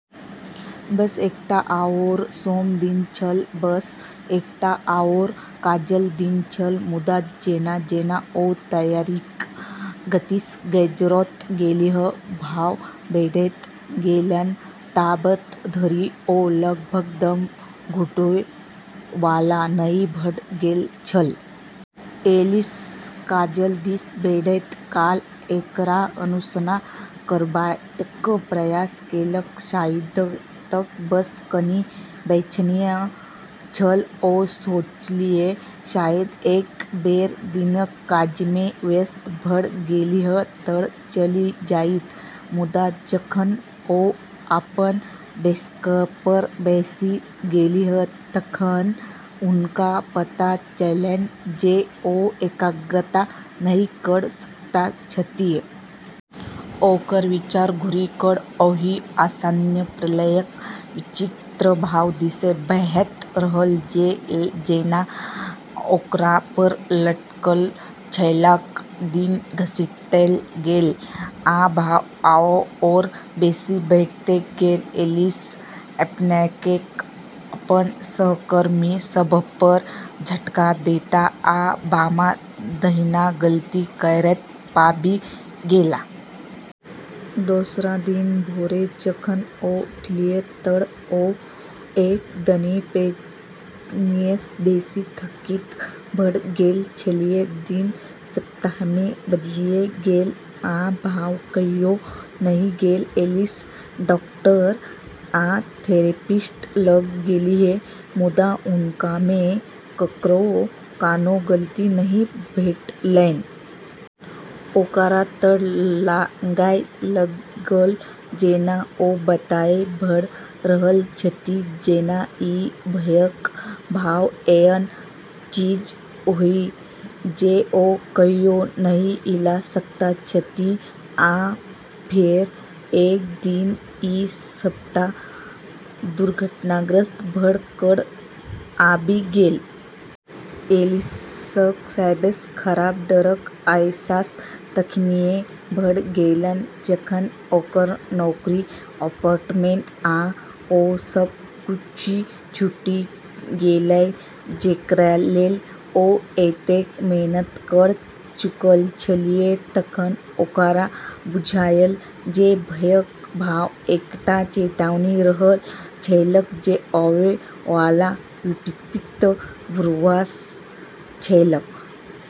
बस एकटा आओर सोम दिन छल, बस एकटा आओर काजक दिन छल। मुदा जेना-जेना ओ तैयारीक गतिसँ गुजरैत गेलीह, भाव बढ़ैत गेलैन जाबत धरि ओ लगभग दम घुटै वाला नहि भऽ गेल छल। ऐलिस काज दिस बढ़ैत काल एकरा अनसुना करबाक प्रयास केलक। शायद ई तऽ बस कनि बेचैनी छल, ओ सोचलीह। शायद एक बेर दिनक काजमे व्यस्त भऽ गेलीह तऽ चलि जाइत। मुदा जखन ओ अपन डेस्कपर बैसि गेलीह तखन हुनका पता चललैन जे ओ एकाग्रता नहि कऽ सकैत छथि। ओकर विचार घुरि कऽ ओहि आसन्न प्रलयक विचित्र भाव दिस बहैत रहल जे जेना ओकरापर लटकल छलैक। दिन घसीटैत गेल, आ भाव आओर बेसी बढ़ैत गेल। ऐलिस अपनाकेँ अपन सहकर्मी सभपर झटका दैत आ बामा-दहिना गलती करैत पाबि गेल। दोसर दिन भोरे जखन ओ उठलीह तऽ ओ एक दिन पहिनेसँ बेसी थकित भऽ गेल छलीह। दिन सप्ताहमे बदलि गेल, आ भाव कहियो नहि गेल। ऐलिस डाक्टर आ थेरेपिस्ट लग गेलीह, मुदा हुनकामे ककरो कोनो गलती नहि भेटलैन। ओकरा तऽ लागै लगल जेना ओ बताह भऽ रहल छथि, जेना ई भयक भाव एहन चीज होइ जे ओ कहियो नहि हिला सकैत छथि। आ फेर, एक दिन, ई सबटा दुर्घटनाग्रस्त भऽ कऽ आबि गेल। ऐलिसक सबसँ खराब डरक अहसास तखनिये भऽ गेलै जखन ओकर नौकरी, अपार्टमेंट, आ ओ सब किछु छूटी गेलै जेकरालेल ओ एतेक मेहनत कऽ चुकल छलीह। तखन ओकरा बुझायल जे भयक भाव एकटा चेतावनी रहल छलैक, जे आवै वाला विपत्तिक पूर्वाभास छलैक।